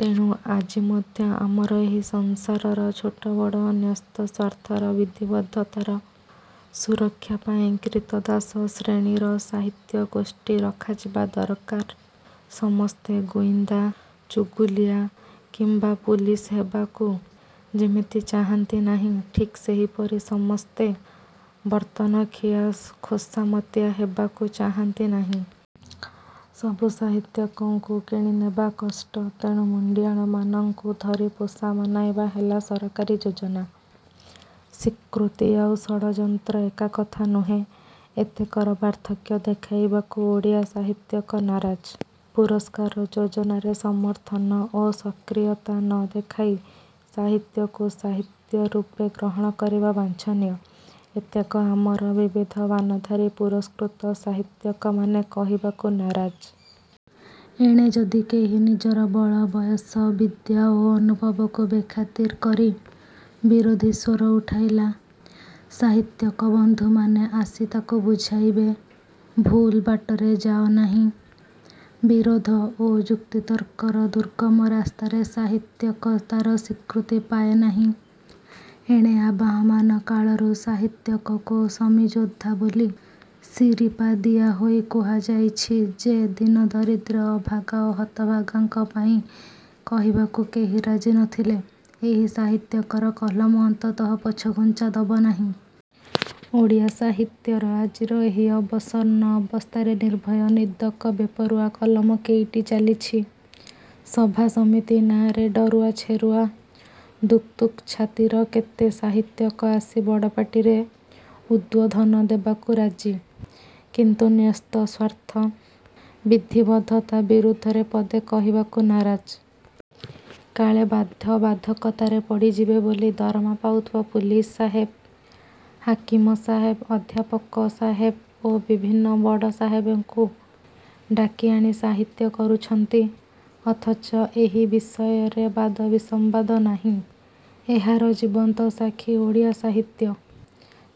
ତେଣୁ ଆଜି ମଧ୍ୟ ଆମର ଏହି ସଂସାରର ଛୋଟବଡ଼ ନ୍ୟସ୍ତସ୍ୱାର୍ଥର ବିଧିବଦ୍ଧତାର ସୁରକ୍ଷା ପାଇଁ କ୍ରୀତଦାସ ଶ୍ରେଣୀର ସାହିତ୍ୟଗୋଷ୍ଠୀ ରଖାଯିବା ଦରକାର। ସମସ୍ତେ ଗୁଇନ୍ଦା, ଚୁଗୁଲିଆ କିମ୍ୱା ପୁଲିସ ହେବାକୁ ଯେମିତି ଚାହାନ୍ତି ନାହିଁ ଠିକ୍ ସେହିପରି ସମସ୍ତେ ବର୍ତ୍ତନଖିଆ ଖୋସାମତିଆ ହେବାକୁ ଚାହାନ୍ତି ନାହିଁ। ସବୁ ସାହିତ୍ୟିକଙ୍କୁ କିଣି ନେବା କଷ୍ଟ। ତେଣୁ ମୁଣ୍ତିଆଳମାନଙ୍କୁ ଧରି ପୋଷା ମନାଇବା ହେଲା ସରକାରୀ ଯୋଜନା। ସ୍ୱୀକୃତି ଆଉ ଷଡ଼ଯନ୍ତ୍ର ଏକା କଥା ନୁହେଁ। ଏତକର ପାର୍ଥକ୍ୟ ଦେଖାଇବାକୁ ଓଡ଼ିଆ ସାହିତ୍ୟିକ ନାରାଜ। ପୁରସ୍କାର ଯୋଜନାରେ ସମର୍ଥନ ଓ ସକ୍ରିୟତା ନ ଦେଖାଇ ସାହିତ୍ୟକୁ ସାହିତ୍ୟ ରୂପେ ଗ୍ରହଣ କରିବା ବାଞ୍ଛନୀୟ-ଏତକ ଆମର ବିବିଧ ବାନାଧାରୀ ପୁରସ୍କୃତ ସାହିତ୍ୟିକମାନେ କହିବାକୁ ନାରାଜ। ଏଣେ ଯଦି କେହି ନିଜର ବଳବୟସ ବିଦ୍ୟା ଓ ଅନୁଭବକୁ ବେଖାତିର କରି ବିରୋଧୀ ସ୍ୱର ଉଠାଇଲା, ସାହିତ୍ୟିକ ବନ୍ଧୁମାନେ ଆସି ତାକୁ ବୁଝାଇବେ-ଭୁଲ ବାଟରେ ଯାଅ ନାହିଁ। ବିରୋଧ ଓ ଯୁକ୍ତିତର୍କର ଦୁର୍ଗମ ରାସ୍ତାରେ ସାହିତ୍ୟିକ ତାହାର ସ୍ୱୀକୃତି ପାଏ ନାହିଁ। ଏଣେ ଆବହମାନ କାଳରୁ ସାହିତ୍ୟିକକୁ ମସିଯୋଦ୍ଧା ବୋଲି ଶିରିପା ଦିଆହୋଇ କୁହା ହେଉଛି ଯେ ଦୀନ ଦରିଦ୍ର ଅଭାଗା ଓ ହତଭାଗାଙ୍କ ପାଇଁ କହିବାକୁ କେହି ରାଜି ନ ଥିଲେ ଏହି ସାହିତ୍ୟିକର କଲମ ଅନ୍ତତଃ ପଛଘୁଞ୍ଚା ଦବ ନାହିଁ। ଓଡ଼ିଆ ସାହିତ୍ୟର ଆଜିର ଏହି ଅବସନ୍ନ ଅବସ୍ଥାରେ ନିର୍ଭୟ ନିଦକ ବେପରୁଆ କଲମ କେଇଟି ଚାଲିଛି? ସଭାସମିତି ନାମରେ ଡରୁଆ, ଛେରୁଆ, ଦୁକ୍ ଦୁକ୍ ଛାତିର କେତେ ସାହିତ୍ୟିକ ଆସି ବଡ଼ ପାଟିରେ ଉଦ୍ବୋଧନ ଦେବାକୁ ରାଜି। କିନ୍ତୁ ନ୍ୟସ୍ତସ୍ୱାର୍ଥ, ବିଧିବଦ୍ଧତା ବିରୁଦ୍ଧରେ ପଦେ କହିବାକୁ ନାରାଜ। କାଳେ ବାଧ୍ୟ ବାଧକତାରେ ପଡ଼ିଯିବେ ବୋଲି ଦରମା ପାଉଥିବା ପୁଲିସ ସାହେବ, ହାକିମ ସାହେବ, ଅଧ୍ୟାପକ ସାହେବ ଓ ବିଭିନ୍ନ ବଡ଼ ସାହେବଙ୍କୁ ଡାକିଆଣି ସାହିତ୍ୟ କରୁଛନ୍ତି। ଅଥଚ ଏହି ବିଷୟରେ ବାଦ ବିସମ୍ୱାଦ ନାହିଁ। ଏହାର ଜୀବନ୍ତ ସାକ୍ଷୀ ଓଡ଼ିଆ ସାହିତ୍ୟ।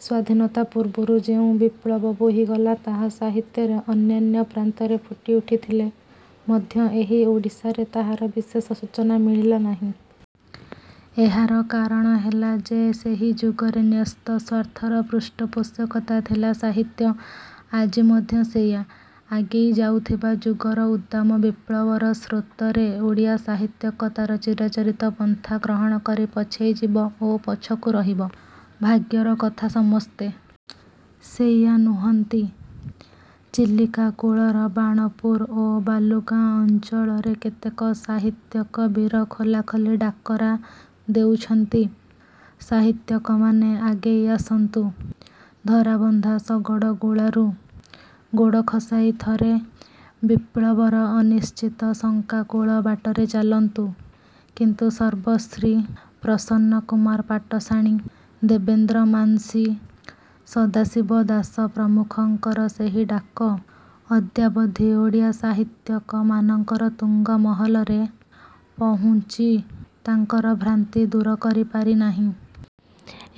ସ୍ୱାଧୀନତା ପୂର୍ବରୁ ଯେଉଁ ବିପ୍ଳବ ବୋହିଗଲା ତାହା ସାହିତ୍ୟରେ ଅନ୍ୟାନ୍ୟ ପ୍ରାନ୍ତରେ ଫୁଟି ଉଠିଥିଲେ ମଧ୍ୟ ଏହି ଓଡ଼ିଶାରେ ତାହାର ବିଶେଷ ସୂଚନା ମିଳିଲା ନାହିଁ। ଏହାର କାରଣ ହେଲା ଯେ ସେହି ଯୁଗରେ ନ୍ୟସ୍ତସ୍ୱାର୍ଥର ପୃଷ୍ଠପୋଷକତା ଥିଲା ସାହିତ୍ୟ। ଆଜି ମଧ୍ୟ ସେଇଆ। ଆଗେଇ ଯାଉଥିବା ଯୁଗର ଉଦ୍ଦାମ ବିପ୍ଳବର ସ୍ରୋତରେ ଓଡ଼ିଆ ସାହିତ୍ୟିକ ତାହାର ଚିରାଚରିତ ପନ୍ଥା ଗ୍ରହଣ କରି ପଛେଇ ଯିବ ଓ ପଛକୁ ରହିବ। ଭାଗ୍ୟର କଥା ସମସ୍ତେ। ସେଇଆ ନୁହନ୍ତି। ଚିଲିକା କୂଳର ବାଣପୁର ଓ ବାଲୁଗାଁ ଅଞ୍ଚଳରେ କେତେକ ସାହିତ୍ୟିକ ବୀର ଖୋଲାଖୋଲି ଡାକରା ଦେଉଛନ୍ତି-ସାହିତ୍ୟିକମାନେ ଆଗେଇ ଆସନ୍ତୁ। ଧରାବନ୍ଧା ଶଗଡ଼ଗୁଳାରୁ ଗୋଡ଼ ଖସାଇ ଥରେ ବିପ୍ଳବର ଅନିଶ୍ଚିତ ଶଙ୍କାକୁଳ ବାଟରେ ଚାଲନ୍ତୁ। କିନ୍ତୁ ସର୍ବଶ୍ରୀ ପ୍ରସନ୍ନ କୁମାର ପାଟଶାଣୀ, ଦେବେନ୍ଦ୍ର ମାନସିଂ, ସଦାଶିବ ଦାସ ପ୍ରମୁଖଙ୍କର ସେହି ଡାକ ଅଦ୍ୟାବଧି ଓଡ଼ିଆ ସାହିତ୍ୟିକ ମାନଙ୍କର ତୁଙ୍ଗ ମହଲରେ ପହୁଞ୍ଚି ତାଙ୍କର ଭ୍ରାନ୍ତି ଦୂର କରି ପାରିନାହିଁ।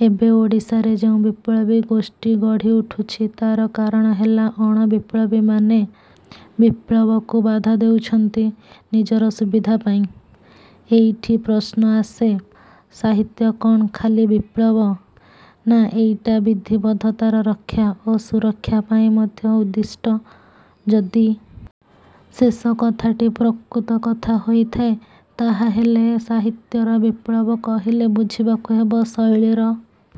ଏବେ ଓଡ଼ିଶାରେ ଯେଉଁ ବିପ୍ଳବୀ ଗୋଷ୍ଠୀ ଗଢ଼ି ଉଠୁଛି ତାହାର କାରଣ ହେଲା ଅଣ-ବିପ୍ଳବୀମାନେ ବିପ୍ଳବକୁ ବାଧା ଦେଉଛନ୍ତି ନିଜର ସୁବିଧା ପାଇଁ। ଏଇଠି ପ୍ରଶ୍ନ ଆସେ-ସାହିତ୍ୟ କ'ଣ ଖାଲି ବିପ୍ଳବ? ନା ଏଇଟା ବିଧିବଦ୍ଧତାର ରକ୍ଷା ଓ ସୁରକ୍ଷା ପାଇଁ ମଧ୍ୟ ଉଦ୍ଦିଷ୍ଟ? ଯଦି ଶେଷ କଥାଟି ପ୍ରକୃତ କଥା ହେଇଥାଏ ତାହାହେଲେ ସାହିତ୍ୟର ବିପ୍ଳବ କହିଲେ ବୁଝିବାକୁ ହେବ-ଶୈଳୀର,